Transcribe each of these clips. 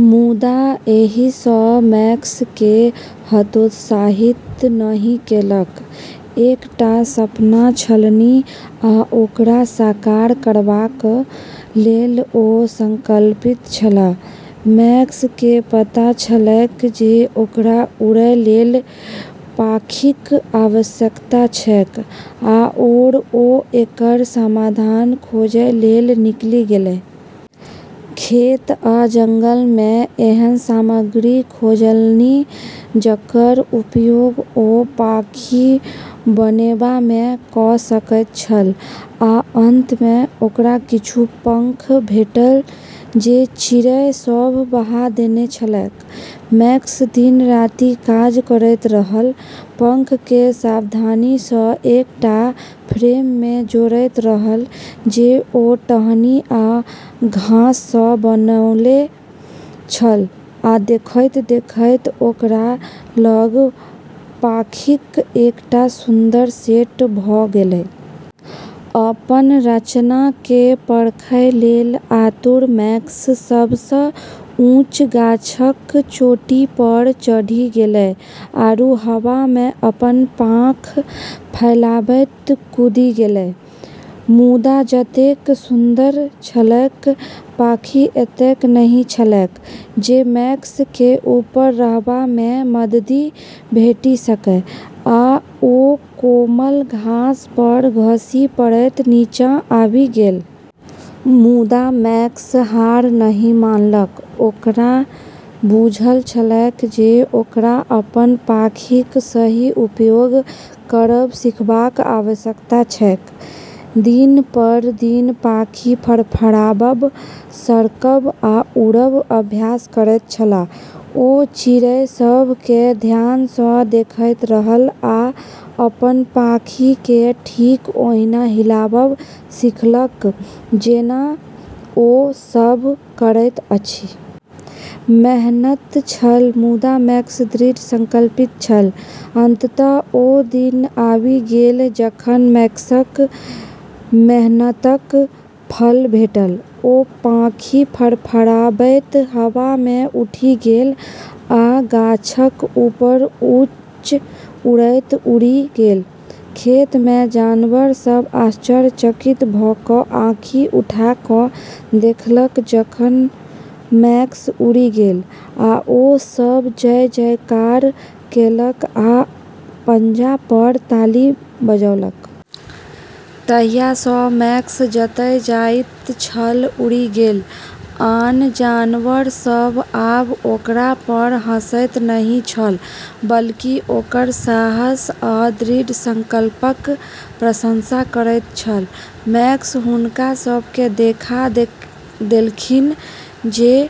मुदा एहिसँ मैक्सकेँ हतोत्साहित नहि केलक। एकटा सपना छलनि, आ ओकरा साकार करबाक लेल ओ संकल्पित छलाह। मैक्सकेँ पता छलैक जे ओकरा उड़ै लेल पाँखिक आवश्यकता छैक, आओर ओ एकर समाधान खोजै लेल निकलि गेलै। खेत आ जंगलमे एहन सामग्री खोजलनि जकर उपयोग ओ पाँखि बनेबामे कऽ सकैत छल, आ अंतमे, ओकरा किछु पंख भेटल जे चिड़ै सभ बहा देने छलैक। मैक्स दिन-राति काज करैत रहल, पंखकेँ सावधानीसँ एकटा फ्रेममे जोड़ैत रहल जे ओ टहनी आ घाससँ बनौने छल, आ देखैत-देखैत, ओकरा लग पाँखिक एकटा सुन्दर सेट भऽ गेलै। अपन रचनाकेँ परखै लेल आतुर मैक्स सबसँ ऊँच गाछक चोटीपर चढ़ि गेलै आरू हवामे अपन पाँख फैलाबैत कूदि गेलै। मुदा जतेक सुन्दर छलैक, पाँखि एतेक नहि छलैक जे मैक्सकेँ ऊपर रहबामे मददि भेटि सकए, आ ओ कोमल घासपर खसि पड़ैत नीचाँ आबि गेल। मुदा मैक्स हार नहि मानलक। ओकरा बुझल छलैक जे ओकरा अपन पाँखिक सही उपयोग करब सीखबाक आवश्यकता छैक। दिन पर दिन पाँखि फड़फड़ाबब, सरकब आ उड़ब अभ्यास करैत छलाह। ओ चिड़ै सभकेँ ध्यानसँ देखैत रहल आ अपन पाँखिकेँ ठीक ओहिना हिलाबब सीखलक जेना ओ सभ करैत अछि। मेहनत छल, मुदा मैक्स दृढ़ संकल्पित छल। अंततः ओ दिन आबि गेल जखन मैक्सक मेहनतक फल भेटल। ओ पाँखि फड़फड़ाबैत हवामे उठि गेल आ गाछक ऊपर ऊँच उड़ैत उड़ि गेल। खेतमे जानवर सभ आश्चर्यचकित भऽ कऽ आँखि उठा कऽ देखलक जखन मैक्स उड़ि गेल, आ ओ सभ जय-जयकार केलक आ पंजापर ताली बजौलक। तहियासँ मैक्स जतय जाइत छल उड़ि गेल। आन जानवर सभ आब ओकरापर हँसैत नहि छल, बल्कि ओकर साहस आ दृढ़ संकल्पक प्रशंसा करैत छल। मैक्स हुनका सभकेँ देखा देलखिन जे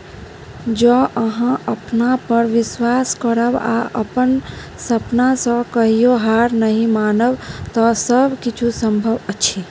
जँ अहाँ अपनापर विश्वास करब आ अपन सपनासँ कहियो हार नहि मानब तऽ सब किछु संभव अछि।